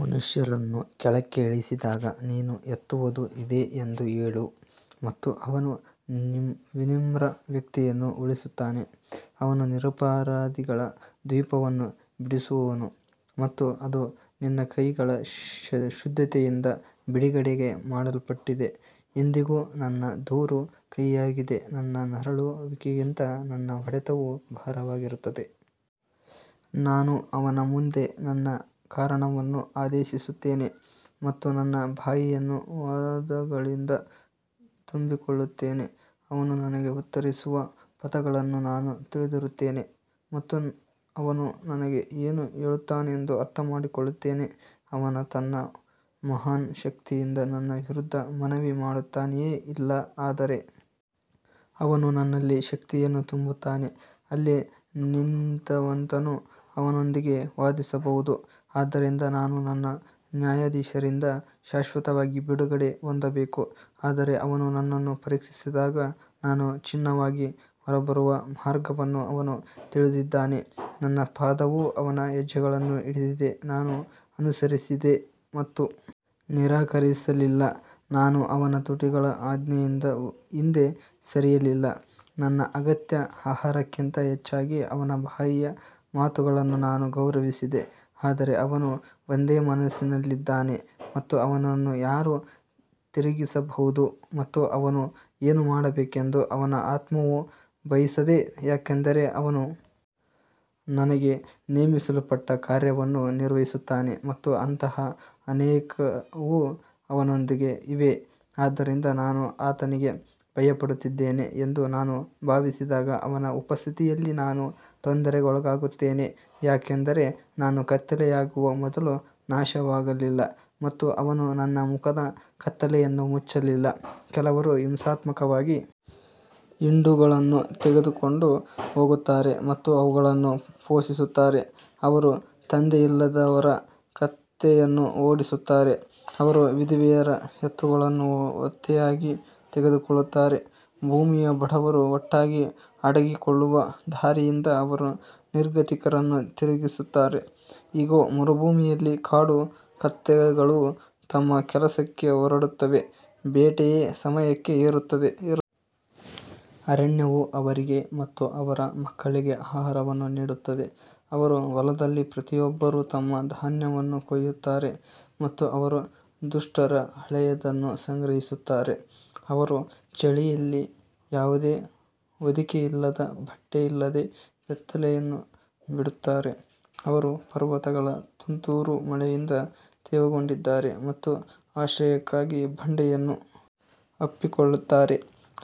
ಮನುಷ್ಯರನ್ನು ಕೆಳಕ್ಕೆ ಇಳಿಸಿದಾಗ ನೀನು ಎತ್ತುವುದು ಇದೆ ಎಂದು ಹೇಳು ಮತ್ತು ಅವನು ವಿನಮ್ರ ವ್ಯಕ್ತಿಯನ್ನು ಉಳಿಸುತ್ತಾನೆ ಅವನು ನಿರಪರಾಧಿಗಳ ದ್ವೀಪವನ್ನು ಬಿಡಿಸುವನು ಮತ್ತು ಅದು ನಿನ್ನ ಕೈಗಳ ಶುದ್ಧತೆಯಿಂದ ಬಿಡುಗಡೆ ಮಾಡಲ್ಪಟ್ಟಿದೆ ಇಂದಿಗೂ ನನ್ನ ದೂರು ಕಹಿಯಾಗಿದೆ, ನನ್ನ ನರಳುವಿಕೆಗಿಂತ ನನ್ನ ಹೊಡೆತವು ಭಾರವಾಗಿರುತ್ತದೆ ನಾನು ಅವನ ಮುಂದೆ ನನ್ನ ಕಾರಣವನ್ನು ಆದೇಶಿಸುತ್ತೇನೆ ಮತ್ತು ನನ್ನ ಬಾಯಿಯನ್ನು ವಾದಗಳಿಂದ ತುಂಬಿಕೊಳ್ಳುತ್ತೇನೆ ಅವನು ನನಗೆ ಉತ್ತರಿಸುವ ಪದಗಳನ್ನು ನಾನು ತಿಳಿದಿರುತ್ತೇನೆ ಮತ್ತು ಅವನು ನನಗೆ ಏನು ಹೇಳುತ್ತಾನೆಂದು ಅರ್ಥಮಾಡಿಕೊಳ್ಳುತ್ತೇನೆ ಅವನು ತನ್ನ ಮಹಾನ್ ಶಕ್ತಿಯಿಂದ ನನ್ನ ವಿರುದ್ಧ ಮನವಿ ಮಾಡುತ್ತಾನೆಯೇ ಇಲ್ಲ ಆದರೆ ಅವನು ನನ್ನಲ್ಲಿ ಶಕ್ತಿಯನ್ನು ತುಂಬುತ್ತಾನೆ ಅಲ್ಲಿ ನೀತಿವಂತನು ಅವನೊಂದಿಗೆ ವಾದಿಸಬಹುದು ಆದ್ದರಿಂದ ನಾನು ನನ್ನ ನ್ಯಾಯಾಧೀಶರಿಂದ ಶಾಶ್ವತವಾಗಿ ಬಿಡುಗಡೆ ಹೊಂದಬೇಕು ಆದರೆ ಅವನು ನನ್ನನ್ನು ಪರೀಕ್ಷಿಸಿದಾಗ ನಾನು ಚಿನ್ನವಾಗಿ ಹೊರಬರುವ ಮಾರ್ಗವನ್ನು ಅವನು ತಿಳಿದಿದ್ದಾನೆ ನನ್ನ ಪಾದವು ಅವನ ಹೆಜ್ಜೆಗಳನ್ನು ಹಿಡಿದಿದೆ ನಾನು ಅನುಸರಿಸಿದೆ ಮತ್ತು ನಿರಾಕರಿಸಲಿಲ್ಲ ನಾನು ಅವನ ತುಟಿಗಳ ಆಜ್ಞೆಯಿಂದ ಹಿಂದೆ ಸರಿಯಲಿಲ್ಲ, ನನ್ನ ಅಗತ್ಯ ಆಹಾರಕ್ಕಿಂತ ಹೆಚ್ಚಾಗಿ ಅವನ ಬಾಯಿಯ ಮಾತುಗಳನ್ನು ನಾನು ಗೌರವಿಸಿದೆ ಆದರೆ ಅವನು ಒಂದೇ ಮನಸ್ಸಿನಲ್ಲಿದ್ದಾನೆ ಮತ್ತು ಅವನನ್ನು ಯಾರು ತಿರುಗಿಸಬಹುದು ಮತ್ತು ಅವನು ಏನು ಮಾಡಬೇಕೆಂದು ಅವನ ಆತ್ಮವು ಬಯಸುತ್ತದೆ ಯಾಕಂದರೆ ಅವನು ನನಗೆ ನೇಮಿಸಲ್ಪಟ್ಟ ಕಾರ್ಯವನ್ನು ನಿರ್ವಹಿಸುತ್ತಾನೆ ಮತ್ತು ಅಂತಹ ಅನೇಕವು ಅವನೊಂದಿಗೆ ಇವೆ ಆದುದರಿಂದ ನಾನು ಆತನಿಗೆ ಭಯಪಡುತ್ತಿದ್ದೇನೆ ಎಂದು ನಾನು ಭಾವಿಸಿದಾಗ ಅವನ ಉಪಸ್ಥಿತಿಯಲ್ಲಿ ನಾನು ತೊಂದರೆಗೊಳಗಾಗುತ್ತೇನೆ ಯಾಕಂದರೆ ನಾನು ಕತ್ತಲೆಯಾಗುವ ಮೊದಲು ನಾಶವಾಗಲಿಲ್ಲ ಮತ್ತು ಅವನು ನನ್ನ ಮುಖದ ಕತ್ತಲೆಯನ್ನು ಮುಚ್ಚಲಿಲ್ಲ ಕೆಲವರು ಹಿಂಸಾತ್ಮಕವಾಗಿ ಹಿಂಡುಗಳನ್ನು ತೆಗೆದುಕೊಂಡು ಹೋಗುತ್ತಾರೆ ಮತ್ತು ಅವುಗಳನ್ನು ಪೋಷಿಸುತ್ತಾರೆ ಅವರು ತಂದೆಯಿಲ್ಲದವರ ಕತ್ತೆಯನ್ನು ಓಡಿಸುತ್ತಾರೆ, ಅವರು ವಿಧವೆಯರ ಎತ್ತುಗಳನ್ನು ಒತ್ತೆಯಾಗಿ ತೆಗೆದುಕೊಳ್ಳುತ್ತಾರೆ ಭೂಮಿಯ ಬಡವರು ಒಟ್ಟಾಗಿ ಅಡಗಿಕೊಳ್ಳುವ ದಾರಿಯಿಂದ ಅವರು ನಿರ್ಗತಿಕರನ್ನು ತಿರುಗಿಸುತ್ತಾರೆ ಇಗೋ, ಮರುಭೂಮಿಯಲ್ಲಿ ಕಾಡು ಕತ್ತೆಗಳು ತಮ್ಮ ಕೆಲಸಕ್ಕೆ ಹೊರಡುತ್ತವೆ, ಬೇಟೆಯ ಸಮಯಕ್ಕೆ ಏರುತ್ತವೆ ಅರಣ್ಯವು ಅವರಿಗೆ ಮತ್ತು ಅವರ ಮಕ್ಕಳಿಗೆ ಆಹಾರವನ್ನು ನೀಡುತ್ತದೆ ಅವರು ಹೊಲದಲ್ಲಿ ಪ್ರತಿಯೊಬ್ಬರು ತಮ್ಮ ಧಾನ್ಯವನ್ನು ಕೊಯ್ಯುತ್ತಾರೆ ಮತ್ತು ಅವರು ದುಷ್ಟರ ಹಳೆಯದನ್ನು ಸಂಗ್ರಹಿಸುತ್ತಾರೆ ಅವರು ಚಳಿಯಲ್ಲಿ ಯಾವುದೇ ಹೊದಿಕೆಯಿಲ್ಲದ ಬಟ್ಟೆಯಿಲ್ಲದೆ ಬೆತ್ತಲೆಯನ್ನು ಬಿಡುತ್ತಾರೆ ಅವರು ಪರ್ವತಗಳ ತುಂತುರು ಮಳೆಯಿಂದ ತೇವಗೊಂಡಿದ್ದಾರೆ ಮತ್ತು ಆಶ್ರಯಕ್ಕಾಗಿ ಬಂಡೆಯನ್ನು ಅಪ್ಪಿಕೊಳ್ಳುತ್ತಾರೆ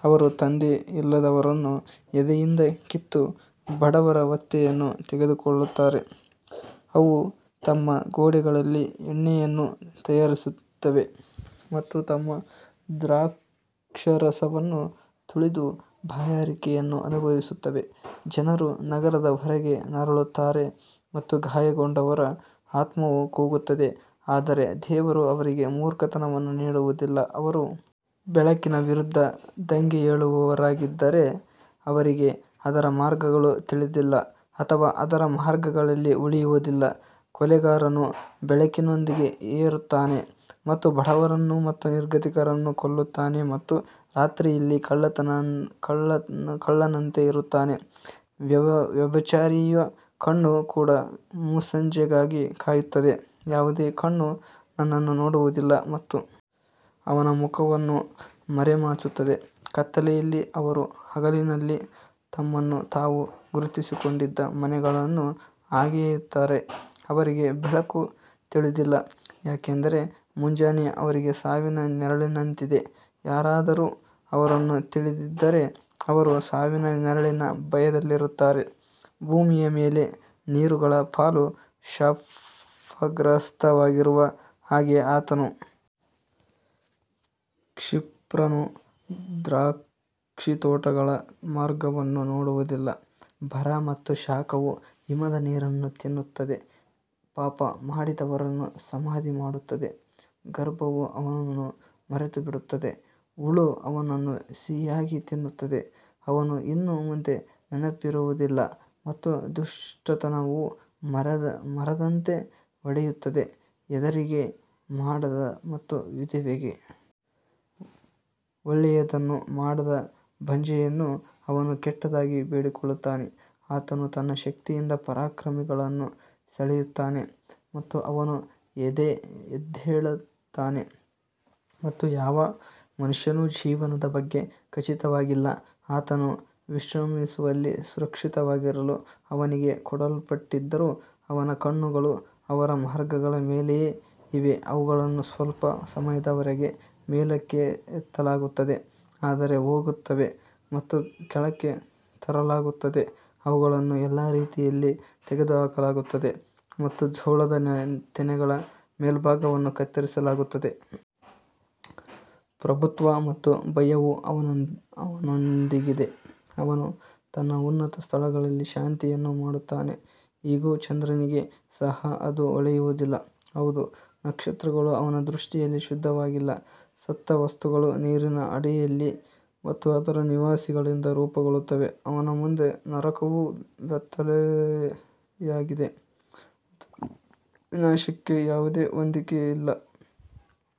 ಅವರು ತಂದೆಯಿಲ್ಲದವರನ್ನು ಎದೆಯಿಂದ ಕಿತ್ತು ಬಡವರ ಒತ್ತೆಯನ್ನು ತೆಗೆದುಕೊಳ್ಳುತ್ತಾರೆ ಅವು ತಮ್ಮ ಗೋಡೆಗಳಲ್ಲಿ ಎಣ್ಣೆಯನ್ನು ತಯಾರಿಸುತ್ತವೆ ಮತ್ತು ತಮ್ಮ ದ್ರಾಕ್ಷಾರಸವನ್ನು ತುಳಿದು ಬಾಯಾರಿಕೆಯನ್ನು ಅನುಭವಿಸುತ್ತವೆ ಜನರು ನಗರದ ಹೊರಗೆ ನರಳುತ್ತಾರೆ ಮತ್ತು ಗಾಯಗೊಂಡವರ ಆತ್ಮವು ಕೂಗುತ್ತದೆ ಆದರೆ ದೇವರು ಅವರಿಗೆ ಮೂರ್ಖತನವನ್ನು ನೀಡುವುದಿಲ್ಲ ಅವರು ಬೆಳಕಿನ ವಿರುದ್ಧ ದಂಗೆಯೇಳುವವರಾಗಿದ್ದಾರೆ, ಅವರಿಗೆ ಅದರ ಮಾರ್ಗಗಳು ತಿಳಿದಿಲ್ಲ ಅಥವಾ ಅದರ ಮಾರ್ಗಗಳಲ್ಲಿ ಉಳಿಯುವುದಿಲ್ಲ ಕೊಲೆಗಾರನು ಬೆಳಕಿನೊಂದಿಗೆ ಏರುತ್ತಾನೆ ಮತ್ತು ಬಡವರನ್ನು ಮತ್ತು ನಿರ್ಗತಿಕರನ್ನು ಕೊಲ್ಲುತ್ತಾನೆ ಮತ್ತು ರಾತ್ರಿಯಲ್ಲಿ ಕಳ್ಳನಂತೆ ಇರುತ್ತಾನೆ ವ್ಯಭಿಚಾರಿಯ ಕಣ್ಣು ಕೂಡ ಮುಸ್ಸಂಜೆಗಾಗಿ ಕಾಯುತ್ತದೆ, ಯಾವುದೇ ಕಣ್ಣು ನನ್ನನ್ನು ನೋಡುವುದಿಲ್ಲ ಮತ್ತು ಅವನ ಮುಖವನ್ನು ಮರೆಮಾಚುತ್ತದೆ ಕತ್ತಲೆಯಲ್ಲಿ ಅವರು ಹಗಲಿನಲ್ಲಿ ತಮ್ಮನ್ನು ತಾವು ಗುರುತಿಸಿಕೊಂಡಿದ್ದ ಮನೆಗಳನ್ನು ಅಗೆಯುತ್ತಾರೆ, ಅವರಿಗೆ ಬೆಳಕು ತಿಳಿದಿಲ್ಲ ಯಾಕಂದರೆ ಮುಂಜಾನೆ ಅವರಿಗೆ ಸಾವಿನ ನೆರಳಿನಂತಿದೆ, ಯಾರಾದರೂ ಅವರನ್ನು ತಿಳಿದಿದ್ದರೆ ಅವರು ಸಾವಿನ ನೆರಳಿನ ಭಯದಲ್ಲಿರುತ್ತಾರೆ ಭೂಮಿಯ ಮೇಲೆ ನೀರುಗಳ ಪಾಲು ಶಾಪಗ್ರಸ್ತವಾಗಿರುವ ಹಾಗೆ ಆತನು ಕ್ಷಿಪ್ರನು ದ್ರಾಕ್ಷಿತೋಟಗಳ ಮಾರ್ಗವನ್ನು ನೋಡುವುದಿಲ್ಲ ಬರ ಮತ್ತು ಶಾಖವು ಹಿಮದ ನೀರನ್ನು ತಿನ್ನುತ್ತದೆ, ಪಾಪ ಮಾಡಿದವರನ್ನು ಸಮಾಧಿ ಮಾಡುತ್ತದೆ ಗರ್ಭವು ಅವನನ್ನು ಮರೆತುಬಿಡುತ್ತದೆ, ಹುಳು ಅವನನ್ನು ಸಿಹಿಯಾಗಿ ತಿನ್ನುತ್ತದೆ, ಅವನು ಇನ್ನು ಮುಂದೆ ನೆನಪಿರುವುದಿಲ್ಲ ಮತ್ತು ದುಷ್ಟತನವು ಮರದಂತೆ ಒಡೆಯುತ್ತದೆ ಹೆರಿಗೆ ಮಾಡದ ಮತ್ತು ವಿಧವೆಗೆ ಒಳ್ಳೆಯದನ್ನು ಮಾಡದ ಬಂಜೆಯನ್ನು ಅವನು ಕೆಟ್ಟದಾಗಿ ಬೇಡಿಕೊಳ್ಳುತ್ತಾನೆ ಆತನು ತನ್ನ ಶಕ್ತಿಯಿಂದ ಪರಾಕ್ರಮಿಗಳನ್ನೂ ಸೆಳೆಯುತ್ತಾನೆ ಮತ್ತು ಅವನು ಎದ್ದೇಳುತ್ತಾನೆ ಮತ್ತು ಯಾವ ಮನುಷ್ಯನೂ ಜೀವನದ ಬಗ್ಗೆ ಖಚಿತವಾಗಿಲ್ಲ ಆತನು ವಿಶ್ರಮಿಸುವಲ್ಲಿ ಸುರಕ್ಷಿತವಾಗಿರಲು ಅವನಿಗೆ ಕೊಡಲ್ಪಟ್ಟಿದ್ದರೂ ಅವನ ಕಣ್ಣುಗಳು ಅವರ ಮಾರ್ಗಗಳ ಮೇಲೆಯೇ ಇವೆ ಅವುಗಳನ್ನು ಸ್ವಲ್ಪ ಸಮಯದವರೆಗೆ ಮೇಲಕ್ಕೆತ್ತಲಾಗುತ್ತದೆ ಆದರೆ ಹೋಗುತ್ತವೆ ಮತ್ತು ಕೆಳಕ್ಕೆ ತರಲಾಗುತ್ತದೆ, ಅವುಗಳನ್ನು ಎಲ್ಲಾ ರೀತಿಯಲ್ಲಿ ತೆಗೆದುಹಾಕಲಾಗುತ್ತದೆ ಮತ್ತು ಜೋಳದ ತೆನೆಗಳ ಮೇಲ್ಭಾಗವನ್ನು ಕತ್ತರಿಸಲಾಗುತ್ತದೆ. ಪ್ರಭುತ್ವ ಮತ್ತು ಭಯವು ಅವನೊಂದಿಗಿದೆ ಅವನು ತನ್ನ ಉನ್ನತ ಸ್ಥಳಗಳಲ್ಲಿ ಶಾಂತಿಯನ್ನು ಮಾಡುತ್ತಾನೆ ಇಗೋ ಚಂದ್ರನಿಗೆ ಸಹ ಅದು ಹೊಳೆಯುವುದಿಲ್ಲ, ಹೌದು ನಕ್ಷತ್ರಗಳು ಅವನ ದೃಷ್ಟಿಯಲ್ಲಿ ಶುದ್ಧವಾಗಿಲ್ಲ ಸತ್ತ ವಸ್ತುಗಳು ನೀರಿನ ಅಡಿಯಲ್ಲಿ ಮತ್ತು ಅದರ ನಿವಾಸಿಗಳಿಂದ ರೂಪುಗೊಳ್ಳುತ್ತವೆ ಅವನ ಮುಂದೆ ನರಕವು ಬೆತ್ತಲೆಯಾಗಿದೆ ಮತ್ತು ವಿನಾಶಕ್ಕೆ ಯಾವುದೇ ಹೊದಿಕೆಯಿಲ್ಲ.